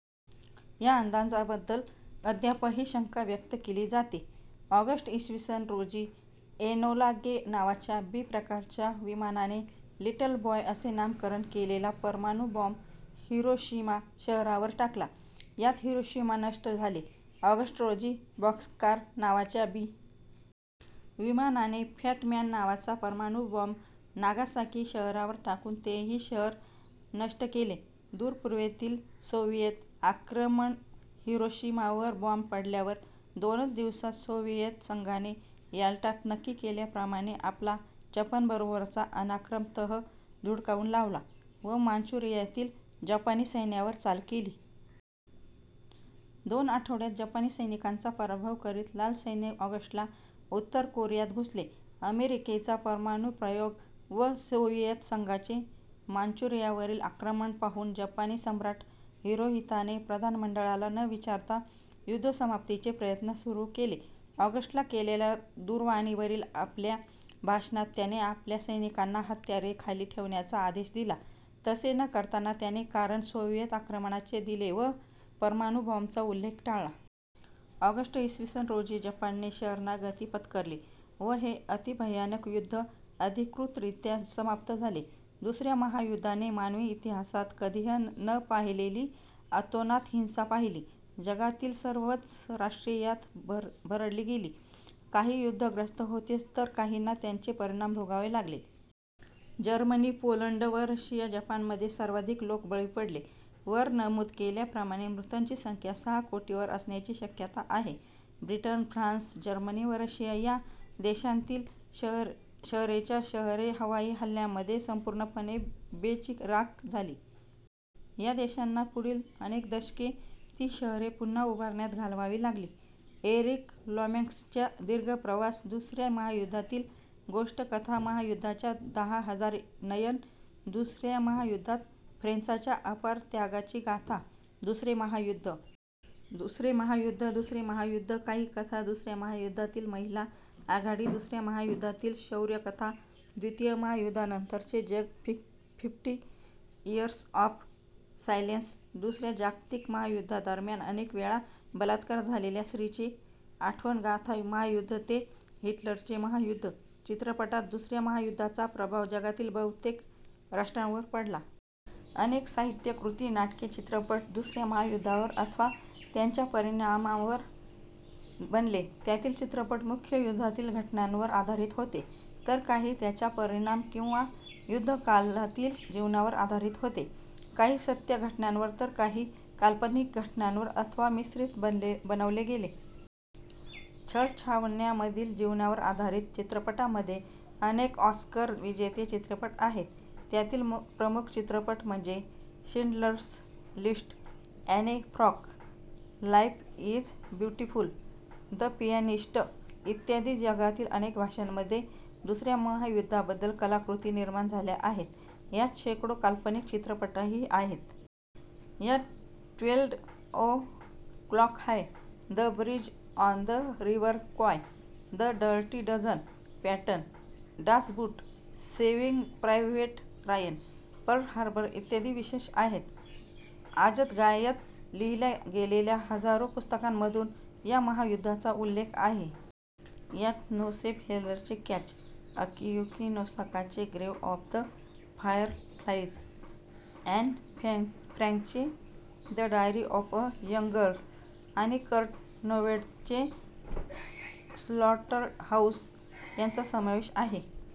या अंदाजांबद्दल अद्यापही शंका व्यक्त केली जाते. ऑगस्ट, इ. स. रोजी एनोला गे नावाच्या बी. प्रकारच्या विमानाने लिटल बॉय असे नामकरण केलेला परमाणु बॉम्ब हिरोशिमा शहरावर टाकला. यात हिरोशिमा नष्ट झाले. ऑगस्ट रोजी बॉक्सकार नावाच्या बी. विमानाने फॅट मॅन नावाचा परमाणु बॉम्ब नागासाकी शहरावर टाकून तेही शहर नष्ट केले. दूरपूर्वेतील सोव्हिएत आक्रमण हिरोशिमावर बॉम्ब पडल्यावर दोनच दिवसात सोव्हिएत संघाने याल्टात नक्की केल्याप्रमाणे आपला जपानबरोबरचा अनाक्रमण तह धुडकावून लावला व मांचुरियातील जपानी सैन्यावर चाल केली. दोन आठवड्यात जपानी सैनिकांचा पराभव करीत लाल सैन्य ऑगस्ट ला उत्तर कोरियात घुसले. अमेरिकेचा परमाणुप्रयोग व सोव्हिएत संघाचे मांचुरियावरील आक्रमण पाहून जपानी सम्राट हिरोहितोने प्रधानमंडळाला न विचारता युद्धसमाप्तीचे प्रयत्न सुरू केले. ऑगस्ट ला केलेल्या दूरवाणीवरील आपल्या भाषणात त्याने आपल्या सैनिकांना हत्यारे खाली ठेवण्याचा आदेश दिला तसे करताना त्याने कारण सोव्हिएत आक्रमणाचे दिले व परमाणुबॉम्बचा उल्लेख टाळला. ऑगस्ट, इ. स. रोजी जपानने शरणागती पत्करली व हे अतिभयानक युद्ध अधिकृतरीत्या समाप्त झाले. दुसऱ्या महायुद्धाने मानवी इतिहासात कधीही न पाहिलेली अतोनात हिंसा पाहिली. जगातील सर्वच राष्ट्रे यात भरडली गेली. काही युद्धग्रस्त होतेच तर काहींना त्याचे परिणाम भोगावे लागले. जर्मनी, पोलंड व रशिया व जपानमध्ये सर्वाधिक लोक बळी पडले. वर नमूद केल्याप्रमाणे मृतांची संख्या सहा कोटीवर असण्याची शक्यता आहे. ब्रिटन, फ्रान्स, जर्मनी व रशिया या देशांतील शहरेच्या शहरे हवाई हल्यांमध्ये संपूर्णपणे बेचिराख झाली. या देशांना पुढील अनेक दशके ती शहरे पुन्हा उभारण्यात घालवावी लागली. एरिक लोमॅक्सच्या दीर्घ प्रवास: दुसऱ्या महायुद्धातील गोष्ट कथा महायुद्धाच्या दहा हजार नयन: दुसऱ्या महायुद्धात फ्रेंचांच्या अपार त्यागाची गाथा! दुसरे महायुद्ध दुसरे महायुद्ध दुसरे महायुद्ध: काही कथा दुसऱ्या महायुद्धातील महिला आघाडी दुसऱ्या महायुद्धातील शौर्यकथा द्वितीय महायुद्धानंतरचे जग फिफ्टी इअर्स ऑफ़ सायलेन्स: दुसऱ्या जागतिक महायुद्धादरम्यान अनेक वेळा बलात्कार झालेल्या स्त्रीची आठवणगाथा महायुद्ध ते हिटलरचे महायुद्ध चित्रपटात दुसऱ्या महायुद्धाचा प्रभाव जगातील बहुतेक राष्ट्रांवर पडला. अनेक साहित्य कृती, नाटके, चित्रपट दुसऱ्या महायुद्धावर अथवा त्यांच्या परिणामांवर बनले. त्यातील चित्रपट मुख्य युद्धातील घटनांवर आधारित होते तर काही त्याच्या परिणाम किंवा युद्धकालातील जीवनावर आधारित होते. काही सत्य घटनांवर तर काही काल्पनिक घटनांवर अथवा मिश्रित बनवले गेले. छळछावण्यामधील जीवनावर आधारीत चित्रपटांमध्ये अनेक ऑस्कर विजेते चित्रपट आहेत. त्यातील प्रमुख चित्रपट म्हणजे Schindler's list, Anne Frank, life is beautiful, the pianist इत्यादी. जगातील अनेक भाषांमध्ये दुसऱ्या महायुद्धाबद्दल कलाकृती निर्माण झाल्या आहेत. यात शेकडो काल्पनिक चित्रपटही आहेत. यात twelve o'clock high, the bridge on the river Kwai, the dirty dozen, Patton, Das Boot, saving private Ryan, Pearl Harbor इ. विशेष आहेत. आजतगायत लिहिल्या गेलेल्या हजारो पुस्तकांतून या महायुद्धाचा उल्लेख आहे. यात जोसेफ हेलरचे कॅच-, अकियुकि नोसाकाचे grave of the fireflies, Anne फ्रॅंकचे the diary of a young girl आणि कर्ट व्होनेगटचे स्लॉटरहाउस- यांचा समावेश आहे.